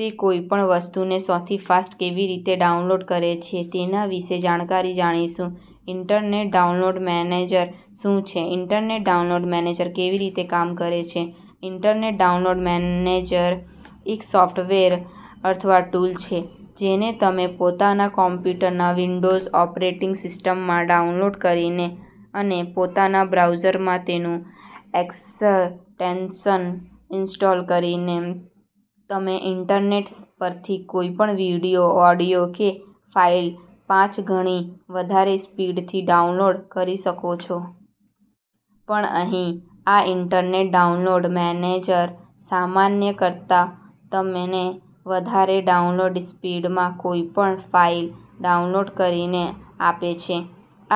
તે કોઈ પણ વસ્તુને સૌથી ફાસ્ટ કેવી રીતે ડાઉનલોડ કરે છે? તેના વિશે જાણકારી જાણીશું. ઇન્ટરનેટ ડાઉનલોડ મેનેજર શું છે? ઇન્ટરનેટ ડાઉનલોડ મેનેજર કેવી રીતે કામ કરે છે? ઇન્ટરનેટ ડાઉનલોડ મેનેજર એક સોફ્ટવેર અથવા ટૂલ છે જેને તમે પોતાના કમ્પ્યુટરના વિન્ડોઝ ઓપરેટિંગ સિસ્ટમમાં ડાઉનલોડ કરીને અને પોતાના બ્રાઉઝરમાં તેનું એક્સટેન્શન ઇન્સ્ટોલ કરીને તમે ઇન્ટરનેટ પરથી કોઈ પણ વિડિયો, ઓડિઓ કે ફાઇલ પાંચ ગણી વધારે સ્પીડથી ડાઉનલોડ કરી શકો છો. પણ અહી આ ઇન્ટરનેટ ડાઉનલોડ મેનેજર સામાન્ય કરતાં તમને વધારે ડાઉનલોડ સ્પીડમાં કોઈ પણ ફાઇલ ડાઉનલોડ કરીને આપે છે.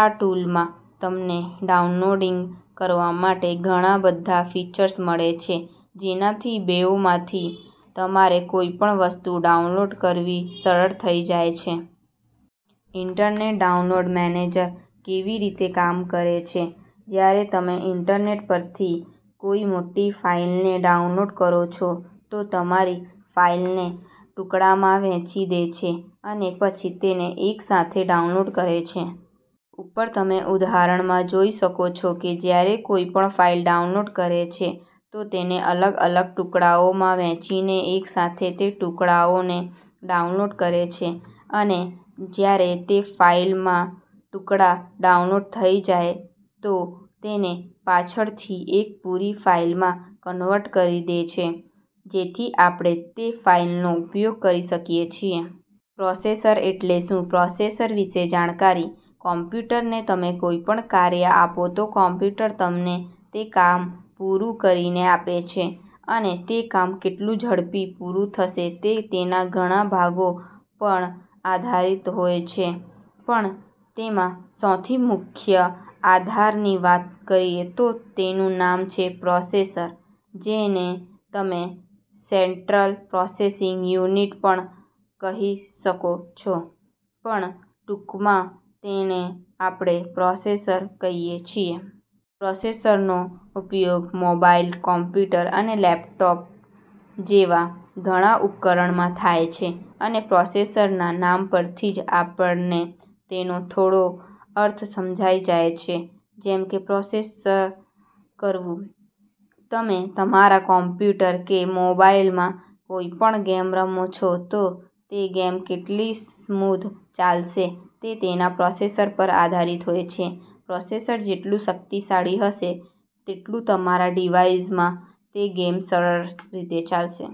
આ ટૂલમાં તમને ડાઉનલોડીંગ કરવા માટે ઘણા બધા ફીચર્સ મળે છે જેનાથી વેબમાથી તમારે કોઈ પણ વસ્તુ ડાઉનલોડ કરવી સરળ થઈ જાય છે. ઇન્ટરનેટ ડાઉનલોડ મેનેજર કેવી રીતે કામ કરે છે? જ્યારે તમે ઇન્ટરનેટ પરથી કોઈ મોટી ફાઇલને ડાઉનલોડ કરો છો તો તમારી ફાઇલને ટુકડામાં વહેચી દે છે અને પછી તેને એક સાથે ડાઉનલોડ કરે છે. ઉપર તમે ઉદાહરણમાં જોઈ શકો છો કે જ્યારે કોઈ પણ ફાઇલ ડાઉનલોડ કરે છે તો તેને અલગ-અલગ ટુકડાઓમાં વહેંચીને એક સાથે તે ટુકડાઓને ડાઉનલોડ કરે છે અને જ્યારે તે ફાઇલના ટુકડા ડાઉનલોડ થઈ જાય તો તેને પાછળથી એક પૂરી ફાઇલમાં કન્વર્ટ કરી દે છે જેથી આપણે તે ફાઇલનો ઉપયોગ કરી શકીએ છે. પ્રોસેસર એટલે શું? પ્રોસેસર વિશે જાણકારી. કમ્પ્યુટરને તમે કોઈ પણ કાર્ય આપો તો કમ્પ્યુટર તમને તે કામ પુરુ કરીને આપે છે અને તે કામ કેટલું ઝડપી પૂરું થશે તે તેના ઘણા ભાગો પણ આધારિત હોય છે પણ તેમાં સૌથી મુખ્ય આધારની વાત કરીએ તો તેનું નામ છે પ્રોસેસર, જેને તમે "સેટ્રલ પ્રોસેસિંગ યુનિટ" પણ કહી શકો છો પણ ટૂંકમાં તેને આપણે પ્રોસેસર કહીએ છીએ. પ્રોસેસરનો ઉપયોગ મોબાઇલ, કમ્પ્યુટર અને લેપટોપ જેવા ઘણા ઉપકરણમાં થાય છે અને પ્રોસેસરના નામ પરથી જ આપણને તેનો થોડો અર્થ સમજાઈ જાય છે, જેમ કે પ્રોસેસ કરવું. તમે તમારા કમ્પ્યુટર કે મોબાઇલમાં કોઈ પણ ગેમ રમો છો તો તે ગેમ કેટલી સ્મૂધ ચાલશે તે તેના પ્રોસેસર પર આધારિત હોય છે, પ્રોસેસર જેટલું શક્તિશાળી હશે તેટલું તમારા ડિવાઇસમાં તે ગેમ સરળ રીતે ચાલશે.